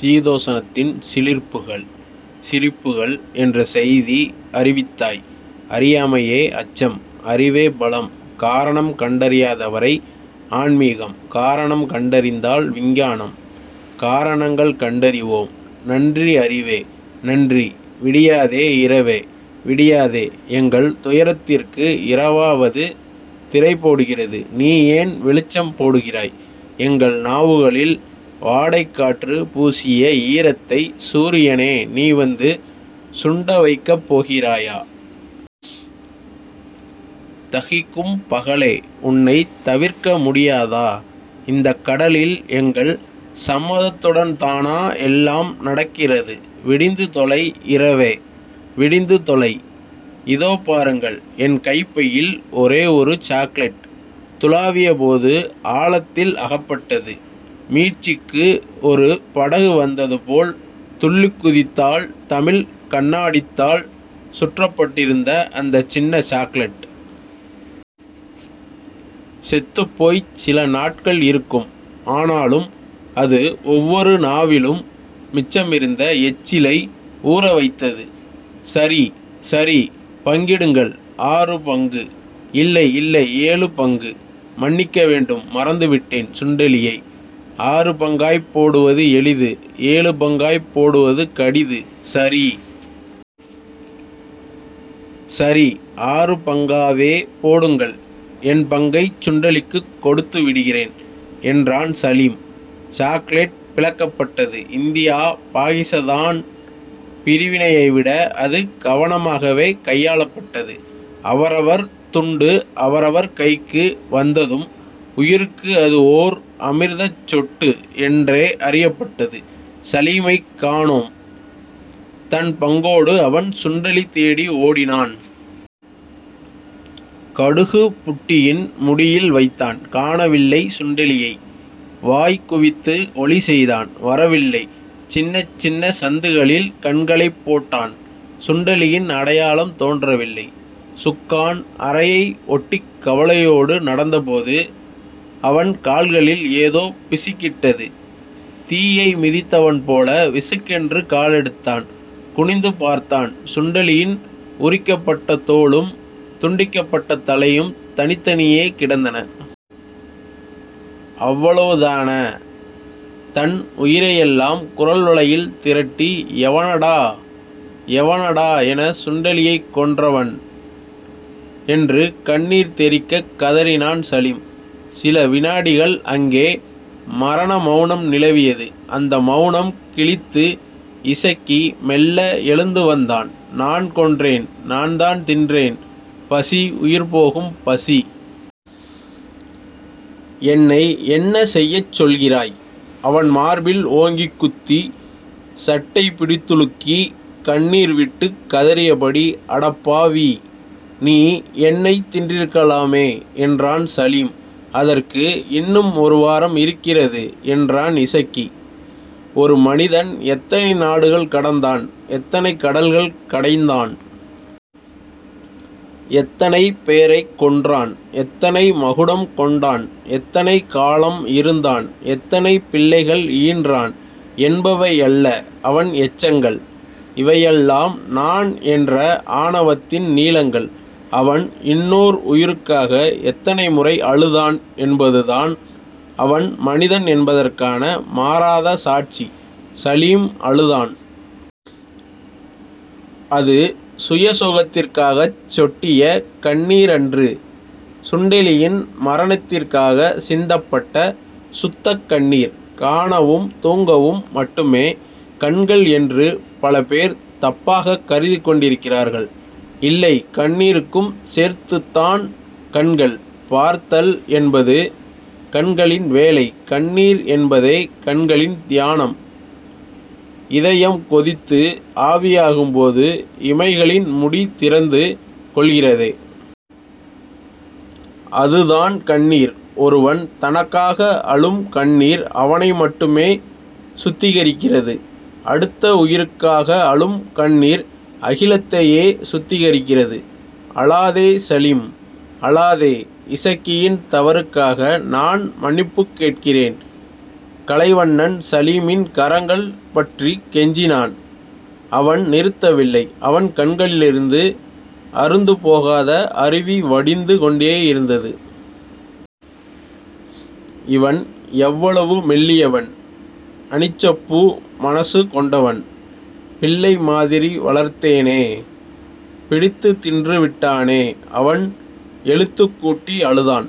சீதோஷணத்தின் சிலிர்ப்புகள்... சிரிப்புகள் என்ற செய்தி அறிவித்தாய். அறியாமையே அச்சம். அறிவே பலம். காரணம் கண்டறியாதவரை ஆன்மீகம். காரணம் கண்டறிந்தால் விஞ்ஞானம். காரணங்கள் கண்டறிவோம். நன்றி அறிவே. நன்றி. விடியாதே இரவே. விடியாதே. எங்கள் துயரத்திற்கு இரவாவது திரைபோடுகிறது. நீ ஏன் வெளிச்சம் போடுகிறாய்? எங்கள் நாவுகளில் வாடைக்காற்று பூசிய ஈரத்தை சூரியனே நீ வந்து சுண்டவைக்கப் போகிறாயா? தகிக்கும் பகலே. உன்னைத் தவிர்க்கமுடியாதா? இந்தக் கடலில் எங்கள் சம்மதத்துடன்தானா எல்லாம் நடக்கிறது? விடிந்து தொலை இரவே. விடிந்து தொலை. இதோ பாருங்கள். என் கைப்பையில் ஒரே ஒரு சாக்லெட்.. துழாவியபோது ஆழத்தில் அகப்பட்டது. மீட்சிக்கு ஒரு படகு வந்தது போல் துள்ளிக்குதித்தாள் தமிழ் கண்ணாடித்தாள் சுற்றப்பட்டிருந்த அந்தச் சின்ன சாக்லெட். செத்துப்போய்ச் சில நாட்கள் இருக்கும். ஆனாலும், அது ஒவ்வொரு நாவிலும் மிச்சமிருந்த எச்சிலை ஊறவைத்தது. சரி சரி. பங்கிடுங்கள். ஆறு பங்கு. இல்லை. இல்லை. ஏழு பங்கு. மன்னிக்க வேண்டும். மறந்துவிட்டேன் சுண்டெலியை. ஆறு பங்காய்ப் போடுவது எளிது. ஏழு பங்காய்ப் போடுவது கடிது. சரி.. சரி. ஆறு பங்காகவே போடுங்கள். என் பங்கைச் சுண்டெலிக்குக் கொடுத்துவிடுகிறேன் என்றான் சலீம். சாக்லெட் பிளக்கப்பட்டது. இந்தியா பாகிஸதான் பிரிவினையைவிட அது கவனமாகவே கையாளப்பட்டது. அவரவர் துண்டு அவரவர் கைக்கு வந்ததும், உயிருக்கு அது ஓர் அமிர்தச் சொட்டு என்றே அறியப்பட்டது. சலீமைக் காணோம். தன் பங்கோடு அவன் சுண்டெலி தேடி ஓடினான். கடுகுபுட்டியின் முடியில் வைத்தான். காணவில்லை சுண்டெலியை. வாய்குவித்து ஒலிசெய்தான். வரவில்லை. சின்னச் சின்னச் சந்துகளில் கண்களைப் போட்டான். சுண்டெலியின் அடையாளம் தோன்றவில்லை. சுக்கான் அறையை ஒட்டிக் கவலையோடு நடந்தபோது அவன் கால்களில் ஏதோ பிசுக்கிட்டது. தீயை மிதித்தவன்போல விசுக்கென்று காலெடுத்தான், குனிந்து பார்த்தான். சுண்டெலியின் உரிக்கப்பட்ட தோலும், துண்டிக்கப்பட்ட தலையும் தனித்தனியே கிடந்தன. அவ்வளவுதான. தன் உயிரையெல்லாம் குரல்வளையில் திரட்டி எவனடா. எவனடா என சுண்டெலியைக் கொன்றவன் என்று கண்ணீர் தெறிக்கக் கதறினான் சலீம். சில விநாடிகள் அங்கே மரணமெளனம் நிலவியது. அந்த மெளனம் கிழித்து இசக்கி மெல்ல எழுந்துவந்தான். நான் கொன்றேன், நான்தான் தின்றேன். பசி, உயிர்போகும் பசி. என்னை என்ன செய்யச் சொல்கிறாய்? அவன் மார்பில் ஓங்கிக் குத்தி, சட்டை பிடித்துலுக்கி, கண்ணீர்விட்டுக் கதறியபடி அடப்பாவி. நீ என்னைத் தின்றிருக்கலாமே என்றான் சலீம். அதற்கு இன்னும் ஒரு வாரம் இருக்கிறது. என்றான் இசக்கி. ஒரு மனிதன் எத்தனை நாடுகள் கடந்தான். எத்தனை கடல்கள் கடைந்தான். எத்தனை பேரைக் கொன்றான். எத்தனை மகுடம் கொண்டான். எத்தனை காலம் இருந்தான். எத்தனை பிள்ளைகள் ஈன்றான் என்பவை அல்ல அவன் எச்சங்கள். இவையெல்லாம் நான் என்ற ஆணவத்தின் நீளங்கள். அவன் இன்னோர் உயிருக்காக எத்தனைமுறை அழுதான் என்பதுதான், அவன் மனிதன் என்பதற்கான மாறாத சாட்சி. சலீம் அழுதான். அது சுயசோகத்திற்காகச் சொட்டிய கண்ணீரன்று. சுண்டெலியின் மரணத்திற்காகச் சிந்தப்பட்ட சுத்தக் கண்ணீர். காணவும் தூங்கவும் மட்டுமே கண்கள் என்று பலபேர் தப்பாகக் கருதிக் கொண்டிருக்கிறார்கள். இல்லை கண்ணீருக்கும் சேர்த்துத்தான் கண்கள். பார்த்தல் என்பது கண்களின் வேலை. கண்ணீர் என்பதே கண்களின் தியானம். இதயம் கொதித்து ஆவியாகும்போது இமைகளின் முடி திறந்து கொள்கிறதே... அதுதான் கண்ணீர். ஒருவன் தனக்காக அழும் கண்ணீர் அவனைமட்டுமே சுத்திகரிக்கிறது. அடுத்த உயிருக்காக அழும் கண்ணீர் அகிலத்தையே சுத்திகரிக்கிறது. அழாதே சலீம். அழாதே. இசக்கியின் தவறுக்காக நான் மன்னிப்புக் கேட்கிறேன் கலைவண்ணன் சலீமின் கரங்கள் பற்றிக் கெஞ்சினான். அவன் நிறுத்தவில்லை. அவன் கண்களிலிருந்து அறுந்துபோகாத அருவி வடிந்து கொண்டேயிருந்தது. இவன் எவ்வளவு மெல்லியவன். அனிச்சப்பூ மனசு கொண்டவன். பிள்ளை மாதிரி வளர்த்தேனே. பிடித்துத் தின்றுவிட்டானே. அவன் எழுத்துக் கூட்டி அழுதான்.